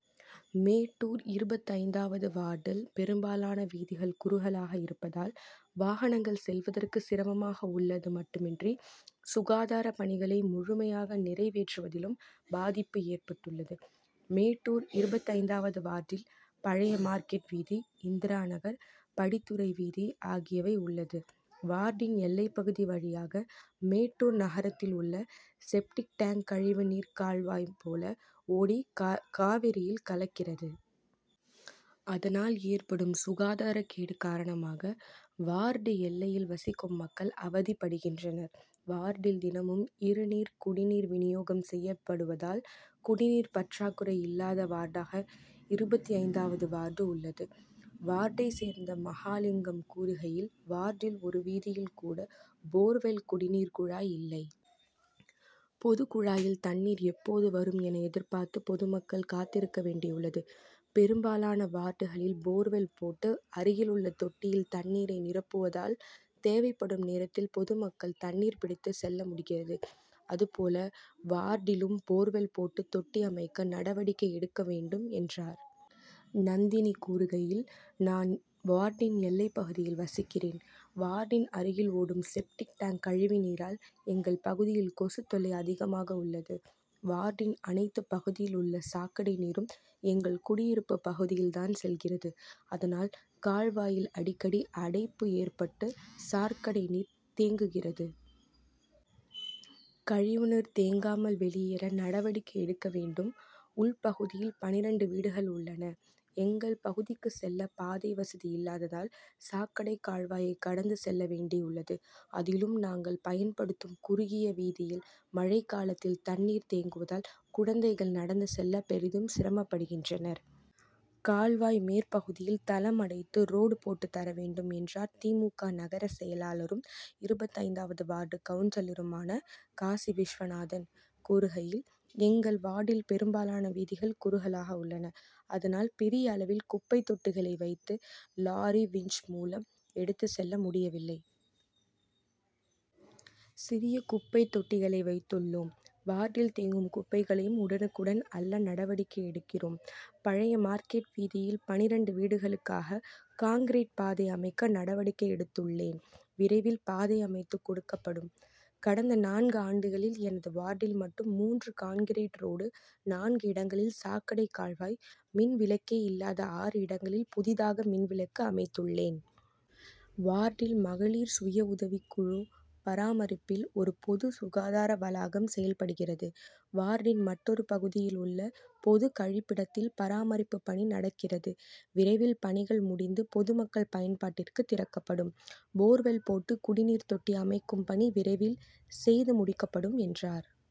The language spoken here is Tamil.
மேட்டூர் இருபத்தைந்தாவது வார்டில் பெரும்பாலான வீதிகள் குறுகலாக இருப்பதால் வாகனங்கள் செல்வதற்கு சிரமமாக உள்ளது மட்டுமின்றி சுகாதார பணிகளை முழுமையாக நிறைவேற்றுவதிலும் பாதிப்பு ஏற்பட்டுள்ளது. மேட்டூர் இருபத்தைந்தாவது வார்டில் பழைய மார்க்கெட் வீதி, இந்திரா நகர், படித்துறை வீதி ஆகியவை உள்ளது. வார்டின் எல்லைப்பகுதி வழியாக மேட்டூர் நகரத்தில் உள்ள செப்டிக்-டேங்க் கழிவுநீர் கால்வாய் போல ஓடி காவிரியில் கலக்கிறது. அதனால், ஏற்படும் சுகாதார கேடு காரணமாக வார்டு எல்லையில் வசிக்கும் மக்கள் அவதிப்படுகின்றனர். வார்டில் தினமும் இரு நீர் குடிநீர் விநியோகம் செய்யப்படுவதால், குடிநீர் பற்றாக்குறை இல்லாத வார்டாக இருபத்தைந்தாவது வார்டு உள்ளது. வார்டை சேர்ந்த மகாலிங்கம் கூறுகையில், வார்டில் ஒரு வீதியில் கூட போர்வெல் குடிநீர் குழாய் இல்லை. பொதுகுழாயில் தண்ணீர் எப்போது வரும் என எதிர்பார்த்து பொதுமக்கள் காத்திருக்க வேண்டியுள்ளது. பெரும்பாலான வார்டுகளில் போர்வெல் போட்டு, அருகிலுள்ள தொட்டியில் தண்ணீரை நிரப்புவதால், தேவைப்படும் நேரத்தில் பொதுமக்கள் தண்ணீர் பிடித்து செல்ல முடிகிறது. அதுபோல வார்டிலும் போர்வெல் போட்டு தொட்டி அமைக்க நடவடிக்கை எடுக்க வேண்டும், என்றார். நந்தினி கூறுகையில், நான் வார்டின் எல்லைப்பகுதியில் வசிக்கிறோம். வார்டின் அருகில் ஓடும் செப்டிக்-டேங்க் கழிவுநீரால் எங்கள் பகுதியில் கொசுத்தொல்லை அதிகமாக உள்ளது. வார்டின் அனைத்து பகுதியில் உள்ள சாக்கடை நீரும் எங்கள் குடியிருப்பு பகுதியில் தான் செல்கிறது. அதனால், கால்வாயில் அடிக்கடி அடைப்பு ஏற்பட்டு சாக்கடை நீர் தேங்குகிறது. கழிவுநீர் தேங்காமல் வெளியேற நடவடிக்கை எடுக்க வேண்டும், உள்பகுதியில் பன்னிரண்டு வீடுகள் உள்ளன. எங்கள் பகுதிக்கு செல்ல பாதை வசதி இல்லாததால், சாக்கடை கால்வாயை கடந்து செல்ல வேண்டியுள்ளது. அதிலும் நாங்கள் பயன்படுத்தும் குறுகிய வீதியில் மழைக்காலத்தில் தண்ணீர் தேங்குவதால் குழந்தைகள் நடந்து செல்ல பெரிதும் சிரமப்படுகின்றனர். கால்வாய் மேற்பகுதியில் தளம் அடைத்து ரோடு போட்டு தர வேண்டும், என்றார். தி. மு. க., நகர செயலாளரும், இருபத்தைந்தாவது வார்டு கவுன்சிலருமான காசி விஸ்வநாதன் கூறுகையில், எங்கள் வார்டில் பெரும்பாலான வீதிகள் குறுகலாக உள்ளன. அதனால், பெரிய அளவில் குப்பை தொட்டிகளை வைத்து லாரி விஞ்ச் மூலம் எடுத்து செல்ல முடியவில்லை. சிறிய குப்பை தொட்டிகளை வைத்துள்ளோம். வார்டில் தேங்கும் குப்பைகளையும் உடனுக்குடன் அள்ள நடவடிக்கை எடுக்கிறோம். பழைய மார்க்கெட் பகுதியில் பன்னிரண்டு வீடுகளுக்காக கான்கிரீட் பாதை அமைக்க நடவடிக்கை எடுத்துள்ளேன். விரைவில் பாதை அமைத்து கொடுக்கப்படும். கடந்த நான்கு ஆண்டுகளில் எனது வார்டில் மட்டும் மூன்று கான்கிரீட் ரோடு, நான்கு இடங்களில் சாக்கடை கால்வாய், மின் விளக்கே இல்லாத ஆறு இடங்களில் புதிதாக மின்விளக்கு அமைத்துள்ளேன். வார்டில் மகளிர் சுய உதவி குழு பராமரிப்பில் ஒரு பொது சுகாதார வளாகம் செயல்படுகிறது. வார்டின் மற்றொரு பகுதியில் உள்ள பொது கழிப்பிடத்தில் பராமரிப்பு பணி நடக்கிறது. விரைவில் பணிகள் முடிந்து பொதுமக்கள் பயன்பாட்டிற்கு திறக்கப்படும். போர்வெல் போட்டு குடிநீர் தொட்டி அமைக்கும் பணி விரைவில் செய்து முடிக்கப்படும் என்றார்.